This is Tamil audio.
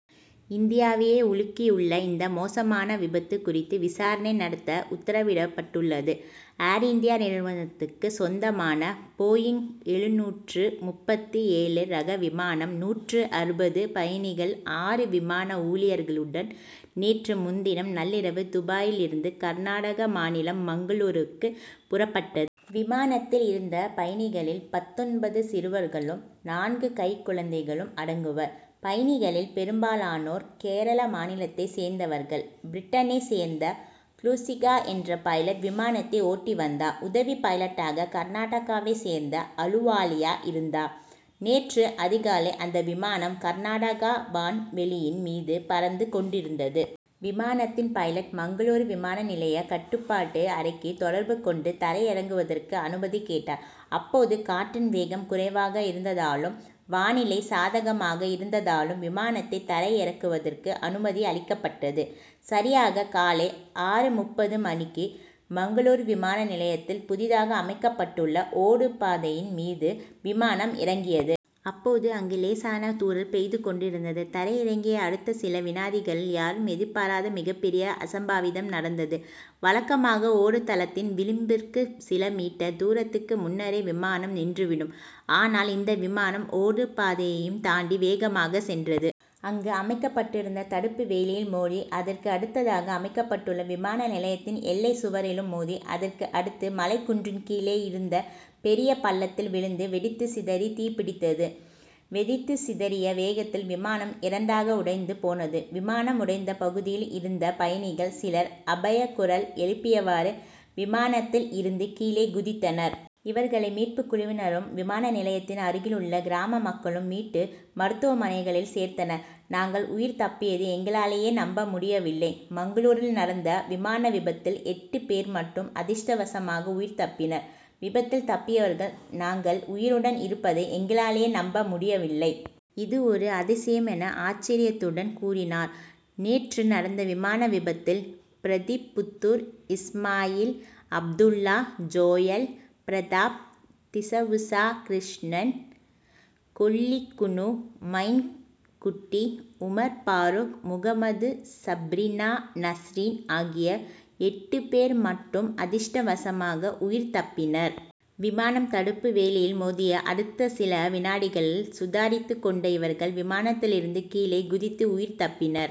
இந்தியாவையே உலுக்கியுள்ள இந்த மோசமான விபத்து குறித்து விசாரணை நடத்த உத்தரவிடப்பட்டுள்ளது. ஏர் இந்தியா நிறுவனத்துக்கு சொந்தமான போயிங் எழுநூற்று முப்பத்து ஏழு ரக விமானம் நூற்று அறுபது பயணிகள் ஆறு விமான ஊழியர்களுடன் நேற்று முன்தினம் நள்ளிரவு துபாயில் இருந்து கர்நாடக மாநிலம் மங்களூருவுக்கு புறப்பட்டது. விமானத்தில் இருந்த பயணிகளில் பத்தொன்பது சிறுவர்களும் நான்கு கைக்குழந்தைகளும் அடங்குவர். பயணிகளில் பெரும்பாலானோர் கேரள மாநிலத்தைச் சேர்ந்தவர்கள். பிரிட்டனைச் சேர்ந்த க்ளூசிகா என்ற பைலட் விமானத்தை ஓட்டி வந்தார். உதவி பைலட்டாக கர்நாடகாவைச் சேர்ந்த அலுவாலியா இருந்தார். நேற்று அதிகாலை அந்த விமானம் கர்நாடகா வான்வெளியின் மீது பறந்து கொண்டிருந்தது. விமானத்தின் பைலட் மங்களூரு விமான நிலைய கட்டுப்பாட்டு அறைக்கு தொடர்பு கொண்டு தரை இறங்குவதற்கு அனுமதி கேட்டார். அப்போது காற்றின் வேகம் குறைவாக இருந்ததாலும் வானிலை சாதகமாக இருந்ததாலும் விமானத்தை தரை இறக்குவதற்கு அனுமதி அளிக்கப்பட்டது. சரியாக காலை ஆறு முப்பது மணிக்கு மங்களூரு விமான நிலையத்தில் புதிதாக அமைக்கப்பட்டுள்ள ஓடுபாதையின் மீது விமானம் இறங்கியது. அப்போது அங்கு லேசான தூறல் பெய்து கொண்டிருந்தது. தரை இறங்கிய அடுத்த சில வினாடிகளில் யாரும் எதிர்பாராத மிகப் பெரிய அசம்பாவிதம் நடந்தது. வழக்கமாக ஓடுதளத்தின் விளிம்பிற்கு சில மீட்டர் தூரத்துக்கு முன்னரே விமானம் நின்று விடும். ஆனால் இந்த விமானம் ஓடுபாதையையும் தாண்டி வேகமாகச் சென்றது. அங்கு அமைக்கப்பட்டிருந்த தடுப்பு வேலியில் மோதி அதற்கு அடுத்ததாக அமைக்கப்பட்டுள்ள விமான நிலையத்தின் எல்லைச் சுவரிலும் மோதி அதற்கு அடுத்து மலைக் குன்றின் கீழே இருந்த பெரிய பள்ளத்தில் விழுந்து வெடித்துச் சிதறி தீப்பிடித்தது. வெடித்துச் சிதறிய வேகத்தில் விமானம் இரண்டாக உடைந்து போனது. விமானம் உடைந்த பகுதியில் இருந்த பயணிகள் சிலர் அபயக் குரல் எழுப்பியவாறு விமானத்தில் இருந்து கீழே குதித்தனர். இவர்களை மீட்புக் குழுவினரும் விமான நிலையத்தின் அருகில் உள்ள கிராம மக்களும் மீட்டு மருத்துவமனைகளில் சேர்த்தனர். நாங்கள் உயிர் தப்பியதை எங்களாலேயே நம்ப முடியவில்லை. மங்களூரில் நடந்த விமான விபத்தில் எட்டு பேர் மட்டும் அதிர்ஷ்டவசமாக உயிர் தப்பினர். விபத்தில் தப்பியவர்கள் நாங்கள் உயிருடன் இருப்பதை எங்களாலேயே நம்ப முடியவில்லை. இது ஒரு அதிசயம் என ஆச்சர்யத்துடன் கூறினார். நேற்று நடந்த விமான விபத்தில் பிரதிப் புத்துர் இஸ்மாயில் அப்துல்லா ஜோயல் பிரதாப் டிசவுசா கிருஷ்ணன் கொல்லிக்குன்னு மயின் குட்டி உமர் பாருக் முகமது சப்ரினா நஸ்ரின் ஆகிய எட்டு பேர் மட்டும் அதிர்ஷ்டவசமாக உயிர் தப்பினர். விமானம் தடுப்பு வேலியில் மோதிய அடுத்த சில வினாடிகளில் சுதாரித்து கொண்ட இவர்கள் விமானத்திலிருந்து கீழே குதித்து உயிர் தப்பினர்.